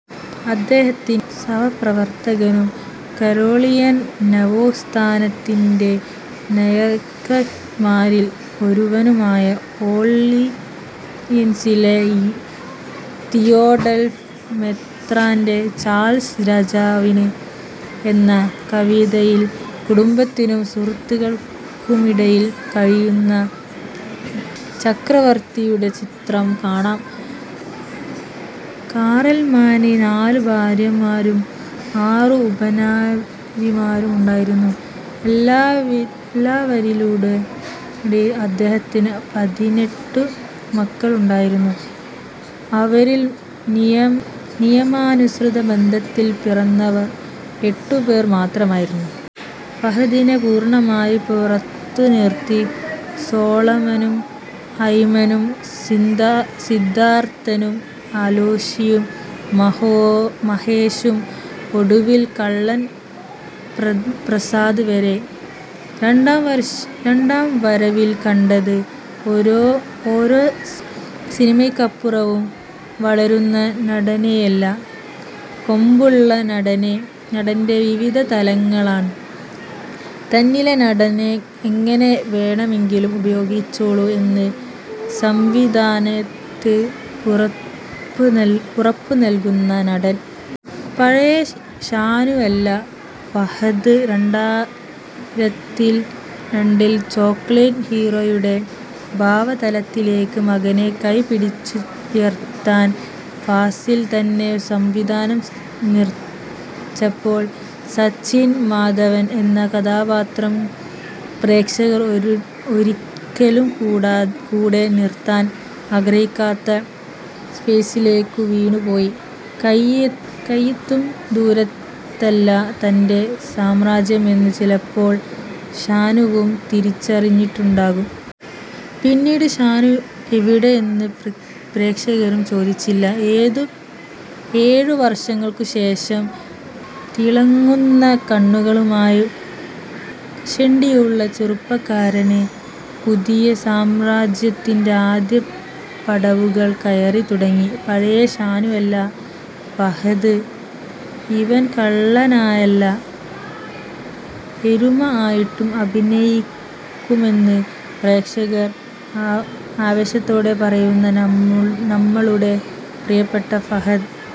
അദ്ദേഹത്തിന്റെ സഹപ്രവർത്തകനും കരോളിനിയൻ നവോത്ഥാനത്തിന്റെ നായകന്മാരിൽ ഒരുവനുമായ ഓർളിയൻസിലെ Theodulf മെത്രാന്റെ, "Charles രാജാവിന്" എന്ന കവിതയിൽ, കുടുംബത്തിനും സുഹൃത്തുക്കൾക്കുമിടയിൽ കഴിയുന്ന ചക്രവർത്തിയുടെ ചിത്രം കാണാം. കാറൽമാന് നാലു ഭാര്യമാരും ആറു ഉപനാരിമാരും ഉണ്ടായിരുന്നു. എല്ലാവരിലുംകൂടി അദ്ദേഹത്തിനു പതിനെട്ടു മക്കൾ ഉണ്ടായിരുന്നു. അവരിൽ നിയമാനുസൃതബന്ധത്തിൽ പിറന്നവർ എട്ടു പേർ മാത്രമായിരുന്നു. ഫഹദിനെ പൂർണമായി പുറത്തു നിർത്തി സോളമനും അയ്മനം സിദ്ധാർത്ഥനും അലോഷിയും മഹേഷും ഒടുവിൽ കള്ളൻ പ്രസാദ് വരെ. രണ്ടാം വരവിൽ കണ്ടത് ഓരോ സിനിമയ്ക്കപ്പുറവും വളരുന്ന നടനെയല്ല, കാമ്പുള്ള നടന്റെ വിവിധ തലങ്ങളാണ്. തന്നിലെ നടനെ എങ്ങനെ വേണമെങ്കിലും ഉപയോഗിച്ചോളൂ എന്ന് സംവിധായകന് ഉറപ്പു നൽകുന്ന നടൻ. പഴയ ഷാനു അല്ല ഫഹദ് രണ്ടായിരത്തി രണ്ടിൽ ചോക്ലേറ്റ് ഹീറോയുടെ ഭാവതലത്തിലേക്ക് മകനെ കൈ പിടിച്ചുയർത്താൻ ഫാസിൽ തന്നെ സംവിധാനം നിർവഹിച്ചപ്പോൾ, സച്ചിൻ മാധവൻ എന്ന കഥാപാത്രം പ്രേക്ഷകർ ഒരിക്കലും കൂടെ നിർത്താൻ ആഗ്രഹിക്കാത്ത സ്പേസിലേക്കു വീണു പോയി. കയ്യെത്തും ദൂരത്തല്ല തന്റെ സാമ്രാജ്യം എന്ന് ചിലപ്പോൾ ഷാനുവും തിരിച്ചറിഞ്ഞിട്ടുണ്ടാകും. പിന്നീട് ഷാനു എവിടെ എന്ന് പ്രേക്ഷകരും ചോദിച്ചില്ല. ഏഴതു എഴു വർഷങ്ങൾക്കു ശേഷം തിളങ്ങുന്ന കണ്ണുകളുമായി കഷണ്ടിയുള്ള ചെറുപ്പക്കാരൻ പുതിയ സാമ്രാജ്യത്തിന്റെ ആദ്യ പടവുകൾ കയറി തുടങ്ങി. പഴയ ഷാനു അല്ല.. ഫഹദ്.. ഇവൻ കള്ളനായല്ല, എരുമ ആയിട്ടും അഭിനയിക്കുമെന്ന് പ്രേക്ഷകർ ആവേശത്തോടെ പറയുന്ന നമ്മളുടെ പ്രിയപ്പെട്ട ഫഹദ്.